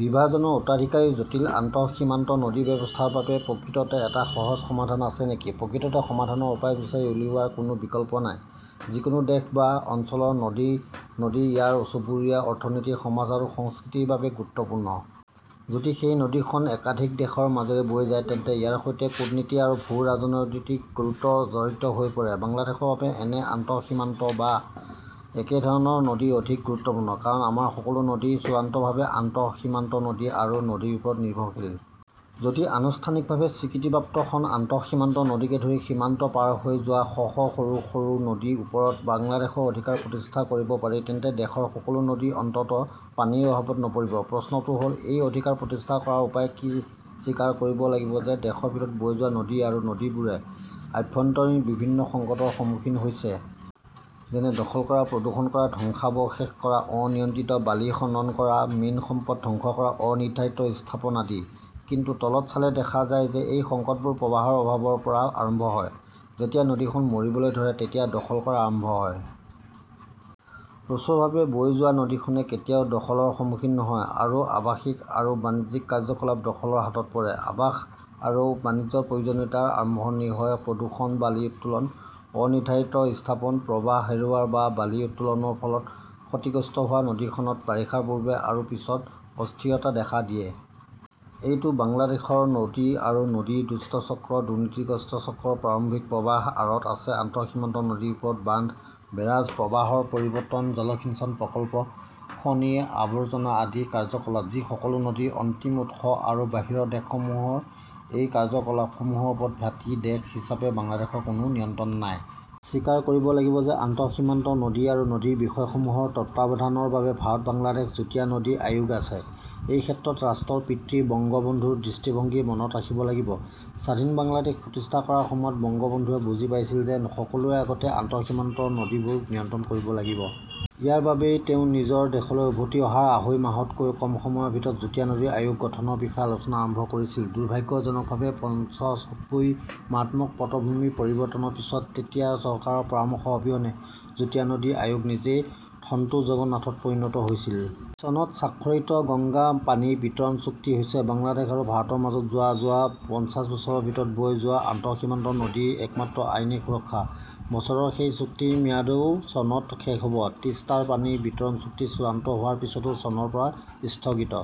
বিভাজনৰ উত্তৰাধিকাৰী জটিল আন্তঃসীমান্ত নদী ব্যৱস্থাৰ বাবে প্ৰকৃততে এটা সহজ সমাধান আছে নেকি প্ৰকৃততে সমাধানৰ উপায় বিচাৰি উলিওৱাৰ কোনো বিকল্প নাই। যিকোনো দেশ বা অঞ্চলৰ নদী-নদী ইয়াৰ চুবুৰীয়া, অৰ্থনীতি, সমাজ আৰু সংস্কৃতিৰ বাবে গুৰুত্বপূৰ্ণ। যদি সেই নদীখন একাধিক দেশৰ মাজেৰে বৈ যায়, তেন্তে ইয়াৰ সৈতে কূটনীতি আৰু ভূ-ৰাজনৈতিক গুৰুত্ব জড়িত হৈ পৰে। বাংলাদেশৰ বাবে এনে আন্তঃসীমান্ত বা একেধৰণৰ নদী অধিক গুৰুত্বপূৰ্ণ। কাৰণ আমাৰ সকলো নদী চূড়ান্তভাৱে আন্তঃসীমান্ত নদী আৰু নদীৰ ওপৰত নিৰ্ভৰশীল। যদি আনুষ্ঠানিকভাৱে স্বীকৃতিপ্ৰাপ্ত খন আন্তঃসীমান্ত নদীকে ধৰি সীমান্ত পাৰ হৈ যোৱা শ শ সৰু সৰু নদীৰ ওপৰত বাংলাদেশৰ অধিকাৰ প্ৰতিষ্ঠা কৰিব পাৰি, তেন্তে দেশৰ সকলো নদী অন্ততঃ পানীৰ অভাৱত নপৰিব। প্ৰশ্নটো হ’ল, এই অধিকাৰ প্ৰতিষ্ঠা কৰাৰ উপায় কি স্বীকাৰ কৰিব লাগিব যে দেশৰ ভিতৰত বৈ যোৱা নদী আৰু নদীবোৰে আভ্যন্তৰীণ বিভিন্ন সংকটৰ সন্মুখীন হৈছে। যেনে দখল কৰা, প্ৰদূষণ কৰা, ধ্বংসাৱশেষ কৰা, অনিয়ন্ত্ৰিত বালি খনন কৰা, মীন সম্পদ ধ্বংস কৰা, অনিৰ্ধাৰিত স্থাপন আদি। কিন্তু তলত চালে দেখা যায় যে এই সংকটবোৰ প্ৰবাহৰ অভাৱৰ পৰা আৰম্ভ হয়। যেতিয়া নদীখন মৰিবলৈ ধৰে, তেতিয়া দখল কৰা আৰম্ভ হয়। প্ৰচুৰভাৱে বৈ যোৱা নদীখনে কেতিয়াও দখলৰ সন্মুখীন নহয়। আৰু আৱাসিক আৰু বাণিজ্যিক কাৰ্যকলাপ দখলৰ হাতত পৰে। আৱাস আৰু বাণিজ্যৰ প্ৰয়োজনীয়তাৰ আৰম্ভণি হয় প্ৰদূষণ, বালি উত্তোলন, অনিৰ্ধাৰিত স্থাপন। প্ৰবাহ হেৰুওৱা বা বালি উত্তোলনৰ ফলত ক্ষতিগ্ৰস্ত হোৱা নদীখনত বাৰিষাৰ পূৰ্বে আৰু পিছত অস্থিৰতা দেখা দিয়ে। এইটো বাংলাদেশৰ নদী আৰু নদীৰ দুষ্ট চক্ৰ । দুৰ্নীতিগ্ৰস্ত চক্ৰৰ প্ৰাৰম্ভিক প্ৰৱাহৰ আঁৰত আছে আন্তঃসীমান্ত নদীৰ ওপৰত বান্ধ, বেৰাজ, প্ৰৱাহৰ পৰিৱৰ্তন, জলসিঞ্চন প্ৰকল্প, খনি, আৱৰ্জনা আদি কাৰ্যকলাপ, যি সকলো নদীৰ অন্তিম উৎস। আৰু বাহিৰৰ দেশসমূহৰ এই কাৰ্যকলাপসমূহৰ ওপৰত ভাটি দেশ হিচাপে বাংলাদেশৰ কোনো নিয়ন্ত্ৰণ নাই। স্বীকাৰ কৰিব লাগিব যে আন্তঃসীমান্ত নদী আৰু নদীৰ বিষয়সমূহৰ তত্বাৱধানৰ বাবে ভাৰত-বাংলাদেশ যুটীয়া নদী আয়োগ আছে। এই ক্ষেত্ৰত ৰাষ্ট্ৰৰ পিতৃ বঙ্গবন্ধুৰ দৃষ্টিভংগী মনত ৰাখিব লাগিব। স্বাধীন বাংলাদেশ প্ৰতিষ্ঠা কৰাৰ সময়ত বংগবন্ধুৱে বুজি পাইছিল যে সকলোৰে আগতে আন্তঃসীমান্ত নদীবোৰ নিয়ন্ত্ৰণ কৰিব লাগিব। ইয়াৰ বাবেই তেওঁ নিজৰ দেশলৈ উভতি অহাৰ আঢ়ৈ মাহতকৈও কম সময়ৰ ভিতৰত যুটীয়া নদী আয়োগ গঠনৰ বিষয়ে আলোচনা আৰম্ভ কৰিছিল। দুৰ্ভাগ্যজনকভাৱে, পঞ্চচব্বৈৰ মাৰাত্মক পটভূমি পৰিৱৰ্তনৰ পিছত, তেতিয়াৰ চৰকাৰৰ পৰামৰ্শ অবিহনে যুটীয়া নদী আয়োগ নিজেই থণ্টু জগন্নাথত পৰিণত হৈছিল। চনত স্বাক্ষৰিত গংগা পানী বিতৰণ চুক্তি হৈছে বাংলাদেশ আৰু ভাৰতৰ মাজত যোৱা যোৱা পঞ্চাশ বছৰৰ ভিতৰত বৈ যোৱা আন্তঃসীমান্ত নদীৰ একমাত্ৰ আইনী সুৰক্ষা। বছৰৰ সেই চুক্তিৰ ম্যাদও চনত শেষ হ 'ব। তিষ্টাৰ পানী বিতৰণ চুক্তি চূড়ান্ত হোৱাৰ পিছতো চনৰ পৰা স্থগিত